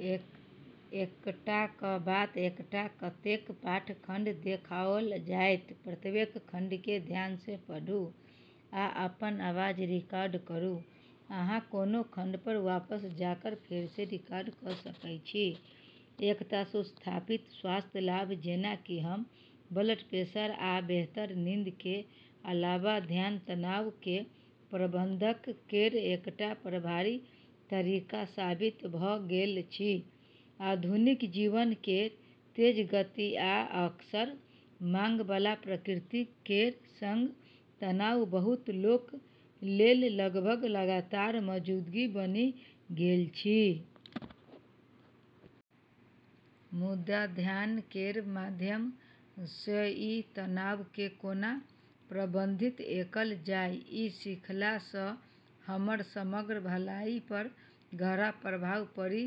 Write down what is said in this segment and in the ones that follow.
एकर सुस्थापित स्वास्थ्य लाभ, जेना कि कम ब्लड प्रेशर आ बेहतर नींद केर अलावा, ध्यान तनाव केर प्रबंधन केर एकटा प्रभावी तरीका साबित भऽ गेल अछि। आधुनिक जीवन केर तेज गति आ अक्सर मांग बला प्रकृति केर संग तनाव बहुत लोक लेल लगभग लगातार मौजूदगी बनि गेल अछि। मुदा, ध्यान केर माध्यम सँ ई तनाव केँ कोना प्रबंधित कएल जाय, ई सीखला सँ हमर समग्र भलाई पर गहरा प्रभाव पड़ि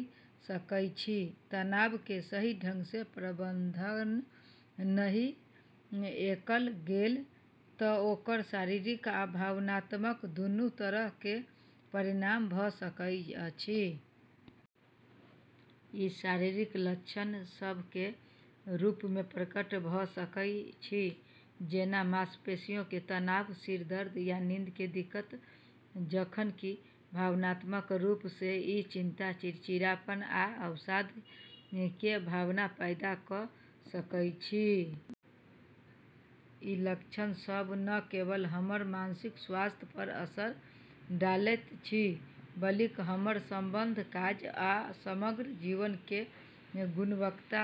सकैत अछि। तनाव केँ सही ढंग सँ प्रबंधन नहि कएल गेल तँ ओकर शारीरिक आ भावनात्मक दुनू तरह केर परिणाम भऽ सकैत अछि। ई शारीरिक लक्षण सभ केर रूप मे प्रकट भऽ सकैत अछि जेना मांसपेशियों केर तनाव, सिर दर्द, आ नींद मे दिक्कत, जखन कि भावनात्मक रूप सँ ई चिंता, चिड़चिड़ापन आ अवसाद केर भावना पैदा कऽ सकैत अछि। ई लक्षण सभ न केवल हमर मानसिक स्वास्थ्य पर असर डालैत अछि बल्कि हमर संबंध, काज आ समग्र जीवन केर गुणवत्ता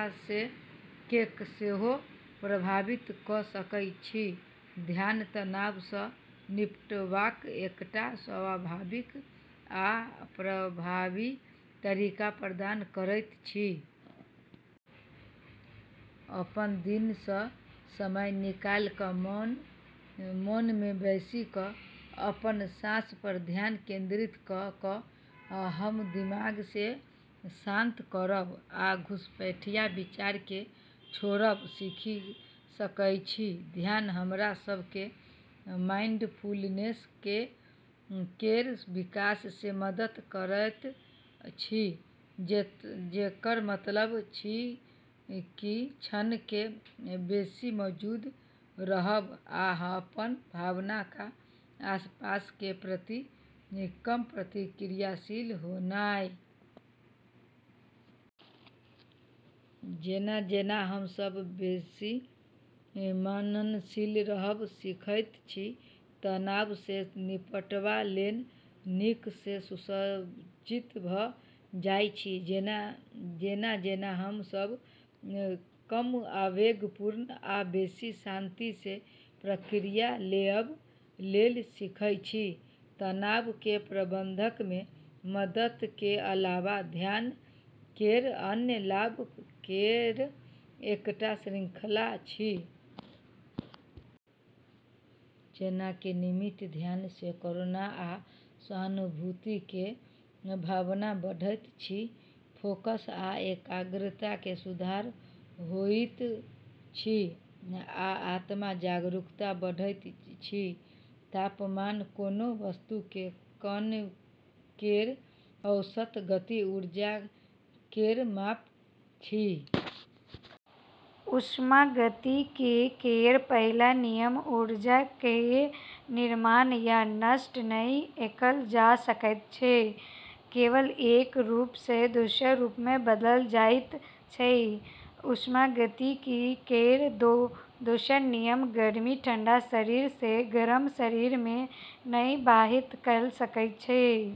केँ सेहो प्रभावित कऽ सकैत अछि। ध्यान तनाव सँ निपटबाक एकटा स्वाभाविक आ प्रभावी तरीका प्रदान करैत अछि। अपन दिन सँ समय निकालि कऽ मौन मे बैसि कऽ अपन साँस पर ध्यान केंद्रित कऽ कऽ हम दिमाग केँ शांत करब आ घुसपैठिया विचार केँ छोड़ब सीखि सकैत छी। ध्यान हमरा सभ केँ माइंडफुलनेस केर विकास मे मदद करैत अछि, जेकर मतलब अछि जे क्षण मे बेसी मौजूद रहब आ अपन भावना आ आसपास केर प्रति कम प्रतिक्रियाशील होनाय। जेना-जेना हम सभ बेसी मननशील रहब सीखैत छी, तनाव सँ निपटबा लेल नीक सँ सुसज्जित भऽ जाइत छी, जेना-जेना हम सभ कम आवेगपूर्ण आ बेसी शांति सँ प्रतिक्रिया देबय लेल सीखैत छी। तनाव केर प्रबंधन मे मदद केर अलावा, ध्यान केर अन्य लाभ केर एकटा श्रृंखला अछि। जेना कि नियमित ध्यान सँ करुणा आ सहानुभूति केर भावना बढ़ैत अछि, फोकस आ एकाग्रता मे सुधार होइत अछि, आ आत्म-जागरूकता बढ़ैत अछि। तापमान कोनो वस्तु मे कण केर औसत गतिज ऊर्जा केर माप अछि। ऊष्मागतिकी केर पहिल नियम: ऊर्जा केर निर्माण या नष्ट नहि कएल जा सकैत अछि, केवल एक रूप सँ दोसर रूप मे बदलल जाइत अछि। ऊष्मागतिकी केर दोसर नियम: गर्मी ठंडा शरीर सँ गरम शरीर मे नहि बहि सकैत अछि।